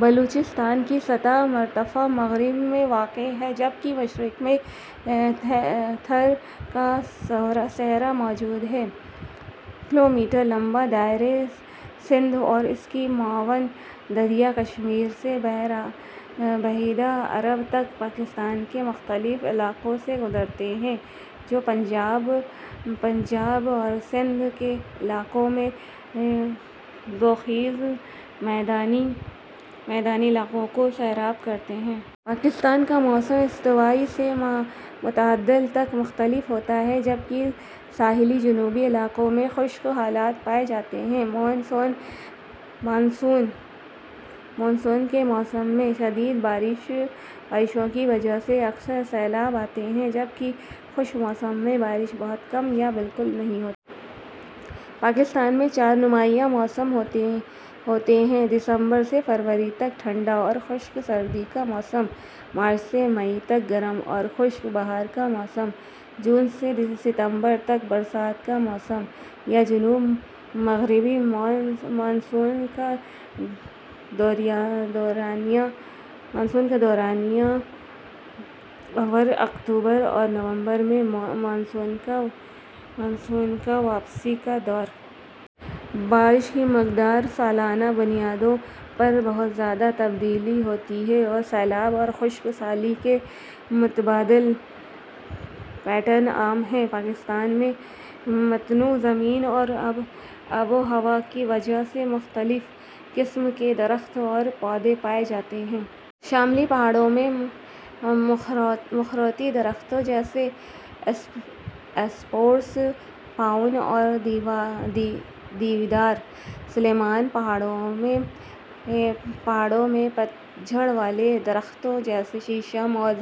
بلوچستان کا سطح مرتفع مغرب میں واقع ہے جبکہ مشرق میں تھر کا صحرا موجود ہے۔ کلومیٹر لمبا دریائے سندھ اور اس کے معاون دریا کشمیر سے بحیرہ عرب تک پاکستان کے مختلف علاقوں سے گزرتے ہیں، جو پنجاب اور سندھ کے علاقوں میں زرخیز میدانی علاقوں کو سیراب کرتے ہیں۔ پاکستان کا موسم استوائی سے معتدل تک مختلف ہوتا ہے، جبکہ ساحلی جنوبی علاقوں میں خشک حالات پائے جاتے ہیں۔ مون سون کے موسم میں شدید بارشوں کی وجہ سے اکثر سیلاب آتے ہیں، جبکہ خشک موسم میں بارش بہت کم یا بالکل نہیں ہوتی۔ پاکستان میں چار نمایاں موسم ہوتے ہیں: دسمبر سے فروری تک ٹھنڈا اور خشک سردی کا موسم؛ مارچ سے مئی تک گرم اور خشک بہار کا موسم؛ جون سے ستمبر تک برسات کا موسم یا جنوب مغربی مون سون کا دورانیہ؛ اور اکتوبر اور نومبر میں مون سون کا واپسی کا دور۔ بارش کی مقدار سالانہ بنیادوں پر بہت زیادہ تبدیل ہوتی ہے اور سیلاب اور خشک سالی کے متبادل پیٹرن عام ہیں۔ پاکستان میں متنوع زمین اور آب و ہوا کی وجہ سے مختلف قسم کے درخت اور پودے پائے جاتے ہیں۔ شمالی پہاڑوں میں مخروطی درختوں جیسے اسپروس، پائن اور دیودار، سلیمان پہاڑوں میں پت جھڑ والے درختوں جیسے شیشم اور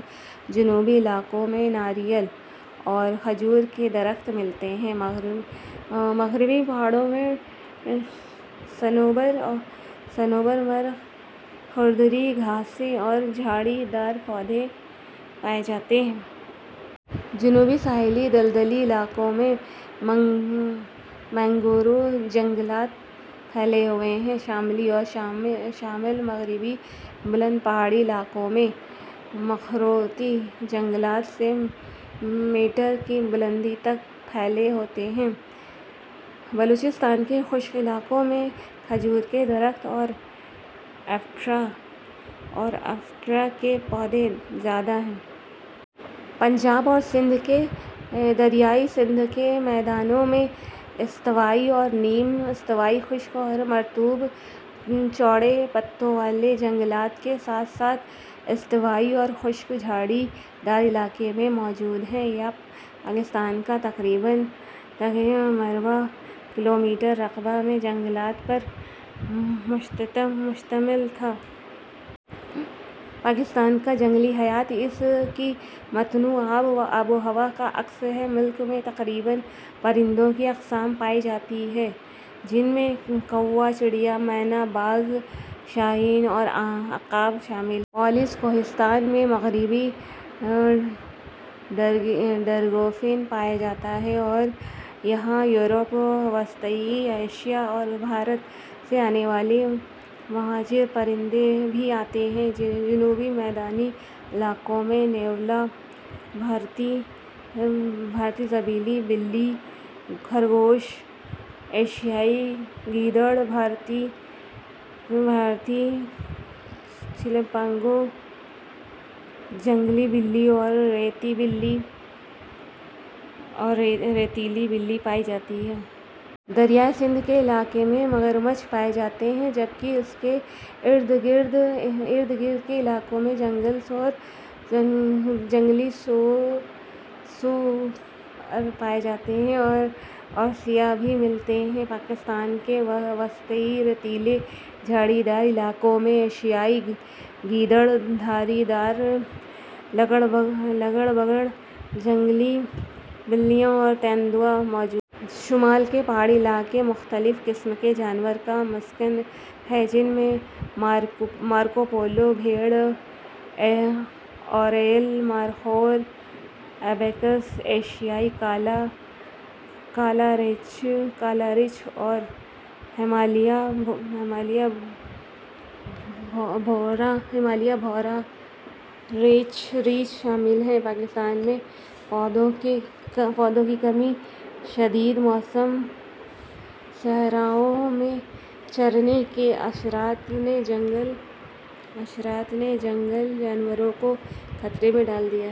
جنوبی علاقوں میں ناریل اور کھجور کے درخت ملتے ہیں۔ مغربی پہاڑوں میں صنوبر، تمر، کھردری گھاسیں اور جھاڑی دار پودے پائے جاتے ہیں۔ جنوبی ساحلی دلدلی علاقوں میں مینگروو جنگلات پھیلے ہوئے ہیں۔ شمالی اور شمال مغربی بلند پہاڑی علاقوں میں مخروطی جنگلات سے میٹر کی بلندی تک پھیلے ہوتے ہیں۔ بلوچستان کے خشک علاقوں میں کھجور کے درخت اور افیڈرا کے پودے زیادہ ہیں۔ پنجاب اور سندھ کے دریائے سندھ کے میدانوں میں استوائی اور نیم استوائی خشک اور مرطوب چوڑے پتوں والے جنگلات کے ساتھ ساتھ استوائی اور خشک جھاڑی دار علاقے بھی موجود ہیں۔ پاکستان کا تقریباً یا مربع کلومیٹر رقبہ میں جنگلات پر مشتمل تھا۔ پاکستان کا جنگلی حیات اس کی متنوع آب و ہوا کا عکس ہے۔ ملک میں تقریباً پرندوں کی اقسام پائی جاتی ہیں جن میں کوا، چڑیا، مینا، باز، شاہین اور عقاب شامل ہیں۔ پالس، کوہستان میں مغربی ٹریگوپن پایا جاتا ہے اور یہاں یورپ، وسطی ایشیا اور بھارت سے آنے والے مہاجر پرندے بھی آتے ہیں۔ جنوبی میدانی علاقوں میں نیولا، بھارتی زبیلی بلی، خرگوش، ایشیائی گیدڑ، بھارتی چھلپانگو، جنگلی بلی اور ریتلی بلی پائی جاتی ہیں۔ دریائے سندھ کے علاقے میں مگرمچھ پائے جاتے ہیں جبکہ اس کے اردگرد کے علاقوں میں جنگلی سور، ہرن اور سیہ بھی ملتے ہیں۔ پاکستان کے وسطی ریتیلے جھاڑی دار علاقوں میں ایشیائی گیدڑ، دھاری دار لگڑبگڑ، جنگلی بلیاں اور تیندوا موجود ہیں۔ شمال کے پہاڑی علاقے مختلف قسم کے جانوروں کا مسکن ہیں جن میں مارکو پولو بھیڑ، اورئیل، مارخور، آئبیکس، ایشیائی کالا ریچھ اور ہمالیائی بھورا ریچھ شامل ہیں۔ پاکستان میں پودوں کی کمی، شدید موسم اور صحراوں میں چرنے کے اثرات نے جنگلی جانوروں کو خطرے میں ڈال دیا ہے۔